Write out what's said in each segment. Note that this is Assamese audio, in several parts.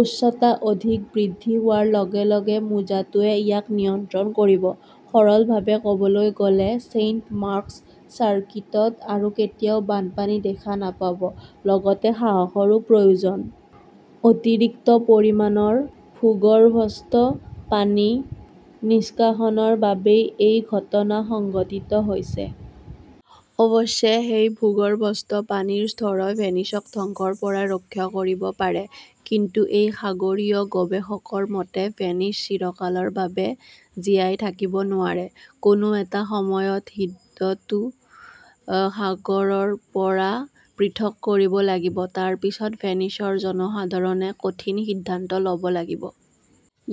উচ্চতা অধিক বৃদ্ধি হোৱাৰ লগে লগে মোজাটোৱে ইয়াক নিয়ন্ত্ৰণ কৰিব। সৰলভাৱে ক'বলৈ গ'লে ছেইণ্ট মাৰ্কছ চাৰ্কিটত আৰু কেতিয়াও বানপানী দেখা নাপাব, লগতে সাহসৰো প্ৰয়োজন। অতিৰিক্ত পৰিমাণৰ ভূগৰ্ভস্থ পানী নিষ্কাশনৰ বাবেই এই ঘটনা সংঘটিত হৈছে। অৱশ্যে সেই ভূগৰ্ভস্থ পানীৰ স্তৰই ভেনিছক ধ্বংসৰ পৰা ৰক্ষা কৰিব পাৰে। কিন্তু এই সাগৰীয় গৱেষকৰ মতে, ভেনিচ চিৰকালৰ বাবে জীয়াই থাকিব নোৱাৰে। কোনো এটা সময়ত হ্ৰদটো সাগৰৰ পৰা পৃথক কৰিব লাগিব। তাৰ পিছত ভেনিছৰ জনসাধাৰণে কঠিন সিদ্ধান্ত ল'ব লাগিব।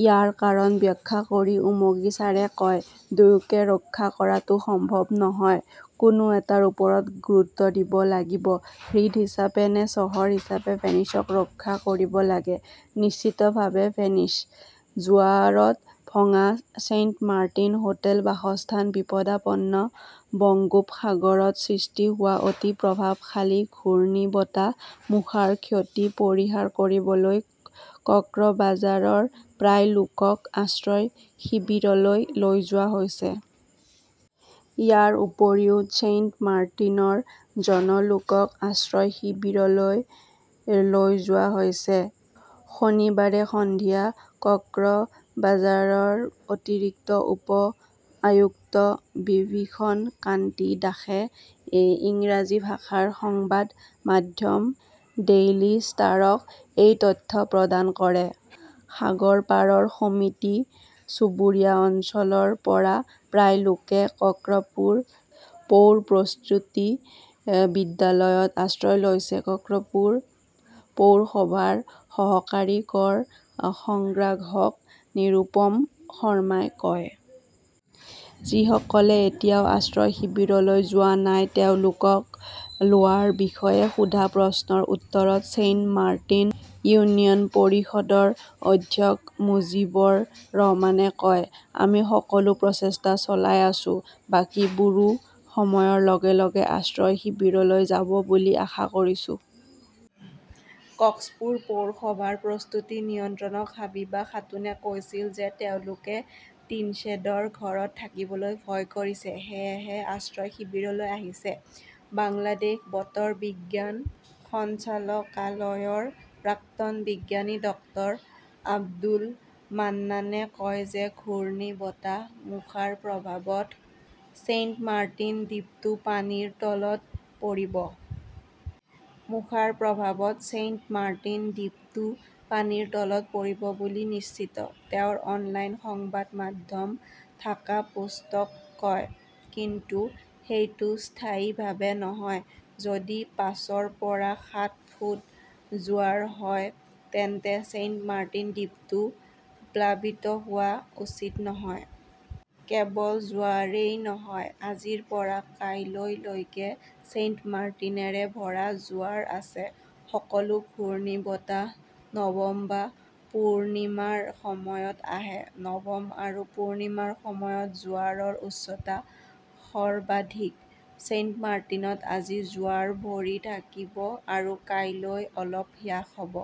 ইয়াৰ কাৰণ ব্যাখ্যা কৰি উমগিছাৰে কয়, দুয়োকে ৰক্ষা কৰাটো সম্ভৱ নহয়। কোনো এটাৰ ওপৰত গুৰুত্ব দিব লাগিব। হ্ৰদ হিচাপে নে চহৰ হিচাপে ভেনিছক ৰক্ষা কৰিব লাগে? নিশ্চিতভাৱে ভেনিচ। জোৱাৰত ভঙা ছেইণ্টমাৰ্টিন, হোটেল-বাসস্থান বিপদাপন্ন বংগোপসাগৰত সৃষ্টি হোৱা অতি প্ৰভাৱশালী ঘূৰ্ণীবতাহ মোখাৰ ক্ষতি পৰিহাৰ কৰিবলৈ কক্সবাজাৰৰ প্ৰায় লোকক আশ্ৰয় শিবিৰলৈ লৈ যোৱা হৈছে। ইয়াৰ উপৰিও ছেইণ্টমাৰ্টিনৰ জন লোকক আশ্ৰয় শিবিৰলৈ লৈ যোৱা হৈছে। শনিবাৰে সন্ধিয়া কক্সবাজাৰৰ অতিৰিক্ত উপ-আয়ুক্ত বিভীষণ কান্তি দাসে ইংৰাজী ভাষাৰ সংবাদ মাধ্যম ডেইলী ষ্টাৰক এই তথ্য প্ৰদান কৰে। "সাগৰপাৰৰ সমিতি চুবুৰীয়া অঞ্চলৰ পৰা প্ৰায় লোকে কক্সপুৰ পৌৰ প্ৰস্তুতি বিদ্যালয়ত আশ্ৰয় লৈছে", কক্সপুৰ পৌৰসভাৰ সহকাৰী কৰ সংগ্ৰাহক নিৰূপম শৰ্মাই কয়। যিসকলে এতিয়াও আশ্ৰয় শিবিৰলৈ যোৱা নাই তেওঁলোকক লোৱাৰ বিষয়ে সোধা প্ৰশ্নৰ উত্তৰত ছেইণ্টমাৰ্টিন ইউনিয়ন পৰিষদৰ অধ্যক্ষ মুজীবৰ ৰহমানে কয়, আমি সকলো প্ৰচেষ্টা চলাই আছো। বাকীবোৰো সময়ৰ লগে লগে আশ্ৰয় শিবিৰলৈ যাব বুলি আশা কৰিছো। কক্সপুৰ পৌৰসভাৰ প্ৰস্তুতি নিয়ন্ত্ৰক হাবিবা খাতুনে কৈছিল যে তেওঁলোকে টিনশ্বেডৰ ঘৰত থাকিবলৈ ভয় কৰিছে, সেয়েহে আশ্ৰয় শিবিৰলৈ আহিছে। বাংলাদেশ বতৰ বিজ্ঞান সঞ্চালকালয়ৰ প্ৰাক্তন বিজ্ঞানী ডাঃ আব্দুল মান্নানে কয় যে ঘূৰ্ণীবতাহ মোখাৰ প্ৰভাৱত ছেইণ্টমাৰ্টিন দ্বীপটো পানীৰ তলত পৰিব। "মোখাৰ প্ৰভাৱত ছেইণ্টমাৰ্টিন দ্বীপটো পানীৰ তলত পৰিব বুলি নিশ্চিত", তেওঁ অনলাইন সংবাদ মাধ্যম ঢাকা পোষ্টক কয়। কিন্তু সেইটো স্থায়ীভাৱে নহয়। যদি পাঁচৰ পৰা সাত ফুট জোৱাৰ হয় তেন্তে ছেইণ্টমাৰ্টিন দ্বীপটো প্লাবিত হোৱা উচিত নহয়। কেৱল জোৱাৰেই নহয়, আজিৰ পৰা কাইলৈলৈকে ছেইণ্টমাৰ্টিনেৰে ভৰা জোৱাৰ আছে। সকলো ঘূৰ্ণীবতাহ নৱম বা পূৰ্ণিমাৰ সময়ত আহে। নৱম আৰু পূৰ্ণিমাৰ সময়ত জোৱাৰৰ উচ্চতা সৰ্বাধিক। ছেইণ্টমাৰ্টিনত আজি জোৱাৰ ভৰি থাকিব আৰু কাইলৈ অলপ হ্ৰাস হ 'ব।